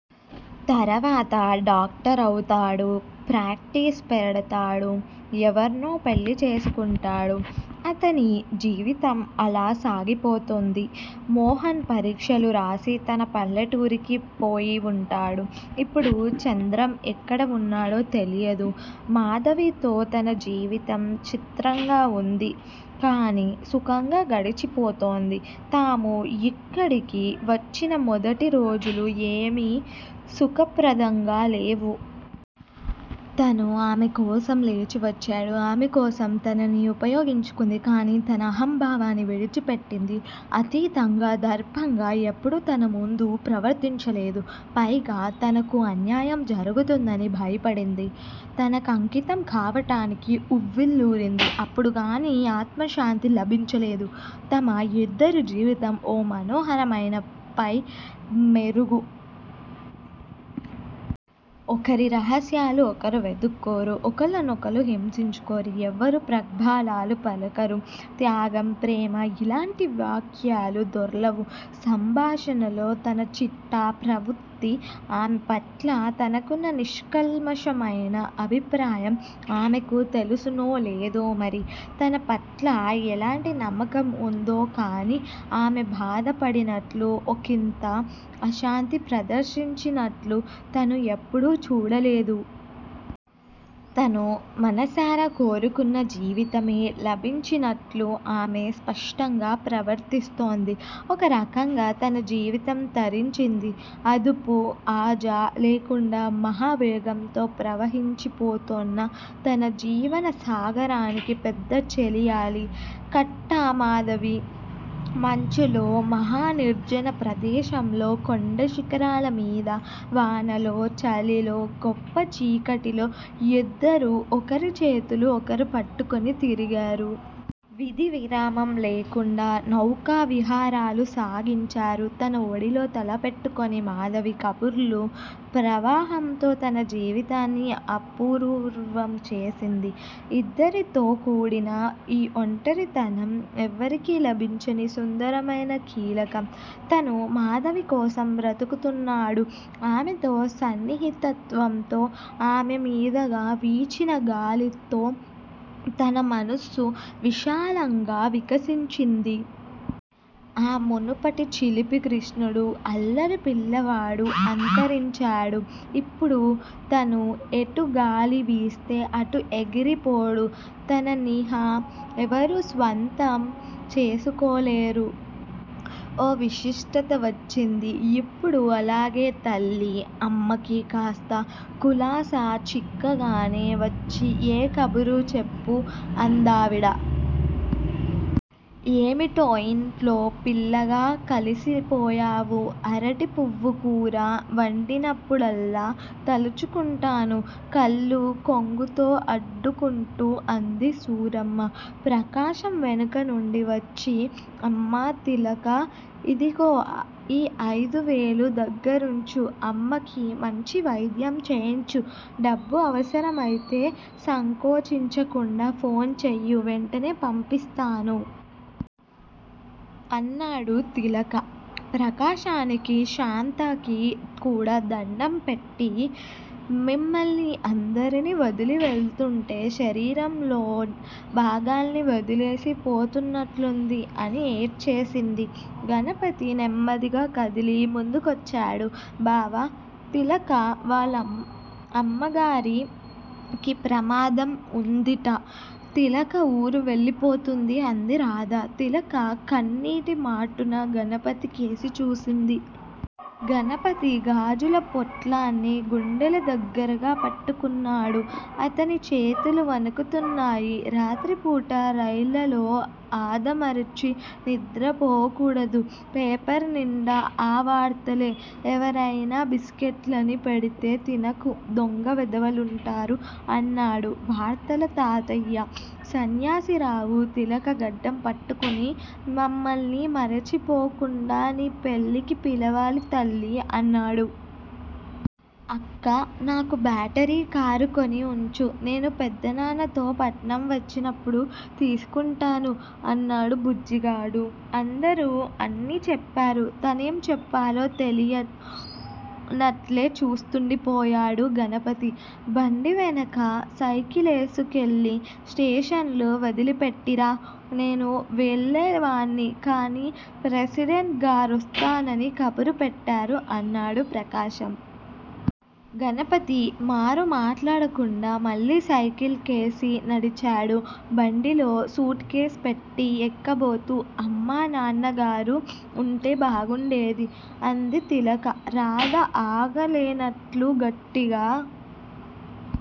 తరువాత డాక్టరౌతాడు. ప్రాక్టీసు పెడతాడు. ఎవర్నో పెళ్ళి చేసుకుంటాడు. అతని జీవితం అలా సాగిపోతుంది. మోహన్ పరీక్షలు రాసి తన పల్లెటూరికి పోయివుంటాడు. ఇప్పుడు చంద్రం ఎక్కడ వున్నాడో తెలియదు. మాధవితో తన జీవితం చిత్రంగా వుంది. కానీ సుఖంగా గడిచిపోతోంది. తాము యిక్కడికి వచ్చిన మొదటి రోజులు ఏమీ సుఖప్రదంగా లేవు. తను ఆమె కోసం లేచి వచ్చాడు. ఆమె కోసం తనని ఉపయోగించుకుంది. కానీ తన అహంభావాన్ని విడిచి పెట్టింది. అతీతంగా, దర్పంగా ఎప్పుడూ తనముందు ప్రవర్తించలేదు. పైగా తనకు అన్యాయం జరుగుతుందని భయపడింది. తనకంకితం కావటానికి ఉవ్విళ్ళూరింది. అప్పుడుగాని ఆత్మశాంతి లభించలేదు. తమ యిద్దరి జీవితం ఓ మనోహరమైన పై మెరుగు. ఒకరి రహస్యాలు ఒకరు వెదుక్కోరు. ఒకళ్ళనొకళ్ళు హింసించుకోరు. ఎవరూ ప్రగల్భాలు పలకరు. త్యాగం, ప్రేమ యిలాంటి వాక్యాలు దొర్లవు సంభాషణలో తన చిట్టా ప్ర వుత్తి, ఆమె పట్ల తనకున్న నిష్కల్మషమైన అభిప్రాయం ఆమెకు తెలుసునో లేదో మరి. తన పట్ల ఎలాంటి నమ్మకం ఉందో? కానీ ఆమె బాధ పడినట్లు, ఒకింత అశాంతి ప్రదర్శించినట్లు తను ఎప్పుడూ చూడలేదు. తను మనసారా కోరుకున్న జీవితమే లభించినట్లు ఆమె స్పష్టంగా ప్రవర్తిస్తోంది. ఒక రకంగా తన జీవితం తరించింది. అదుపూ, ఆజా లేకుండా మహావేగంతో ప్రవహించిపోతోన్న తన జీవన సాగరానికి పెద్ద చెలియలి కట్ట మాధవి. మంచులో, మహా నిర్జన ప్రదేశంలో, కొండ శిఖరాల మీద, వానలో, చలిలో, గొప్ప చీకటిలో యిద్దరూ ఒకరి చేతులు ఒకరు పట్టుకుని తిరిగారు. విధి విరామం లేకుండా నౌకా విహారాలు సాగించారు. తన ఒడిలో తల పెట్టుకుని మాధవి కబుర్లు ప్రవాహంతో తన జీవితాన్ని అపూర్వం చేసింది. ఇద్దరితో కూడిన ఈ ఒంటరితనం ఎవ్వరికీ లభించని సుందరమైన కీలకం. తను మాధవికోసం బ్రతుకుతున్నాడు. ఆమెతో సన్నిహితత్వంతో, ఆమె మీదగా వీచిన గాలితో తన మనస్సు విశాలంగా వికసించింది. ఆ మునుపటి చిలిపి కృష్ణుడు, అల్లరి పిల్లవాడు అంతరించాడు. ఇప్పుడు తను ఎటు గాలి వీస్తే అటు ఎగిరిపోడు. తననిహ ఎవరూ స్వంతం చేసుకోలేరు. ఓ విశిష్టత వచ్చింది యిప్పుడు. అలాగే తల్లీ! అమ్మకి కాస్త కులాసా చిక్కగానే వచ్చి ఏ కబురూ చెప్పు అందావిడ. ఏవిటో ఇంట్లో పిల్లగా కలిసిపోయావు. అరటి పువ్వు కూర వండినప్పుడల్లా తలుచుకుంటాను! కళ్ళు కొంగుతో అడ్డుకుంటూ అంది సూరమ్మ. ప్రకాశం వెనక నుండి వచ్చి, అమ్మా, తిలకా! ఇదిగో ఈ ఐదు వేలూ దగ్గరుంచు అమ్మకి మంచి వైద్యం చేయించు, డబ్బు అవసరం అయితే సంకోచించకుండా ఫోన్ చెయ్యి, వెంటనే పంపిస్తాను! అన్నాడు. తిలక ప్రకాశానికీ, శాంతకీ కూడా దండం పెట్టి మిమ్మల్ని అందర్నీ వదలి వెళుతుంటే శరీరంలో భాగాల్ని వదిలేసి పోతున్నట్లుంది! అని ఏడ్చేసింది. గణపతి నెమ్మదిగా కదిలి ముందుకొచ్చాడు. బావా! తిలకా వాళ్ళమ్మ గారికి ప్రమాదం ఉందిట. తిలక ఊరు వెళ్ళిపోతుంది! అంది రాధ. తిలక కన్నీటి మాటున గణపతికేసి చూసింది. గణపతి గాజుల పొట్లాన్ని గుండెల దగ్గరగా పట్టుకున్నాడు. అతని చేతులు వణుకుతున్నాయి. రాత్రి పూట రైళ్ళలలో ఆదమరచి నిద్రపోకూడదు. పేపర్ నిండా ఆ వార్తలే! ఎవరయినా బిస్కెట్లనీ పెడితే తినకు. దొంగ వెధవలుంటారు అన్నాడు వార్తల తాతయ్య. సన్యాసిరావు తిలక గడ్డం పట్టుకుని, మమ్మల్ని మరచిపోకుండా నీ పెళ్ళికి పిలవాలి తల్లీ అన్నాడు. అక్కా! నాకు బ్యాటరీ కారు కొని ఉంచు. నేను పెద్ద నాన్నతో పట్నం వచ్చినప్పుడు తీసుకుంటాను! అన్నాడు బుజ్జిగాడు. అందరూ అన్నీ చెప్పారు. తనేం చెప్పాలో తెలియనట్లే చూస్తూండిపోయాడు. గణపతీ! బండివెనక సైకిలేసుకెళ్ళి స్టేషన్ లో వదిలిపెట్టిరా! నేను వెళ్ళే వాన్ని కాని ప్రెసిడెంట్ గారొస్తానని కబురు పెట్టారు అన్నాడు ప్రకాశం. గణపతి మారు మాట్లాడకుండా మళ్ళీ సైకిల్ కేసి నడిచాడు. బండిలో సూట్ కేస్ పెట్టి ఎక్కబోతూ, అమ్మా, నాన్నగారూ ఉంటే బాగుండేది అంది తిలక. రాధ ఆగలేనట్లు గట్టిగా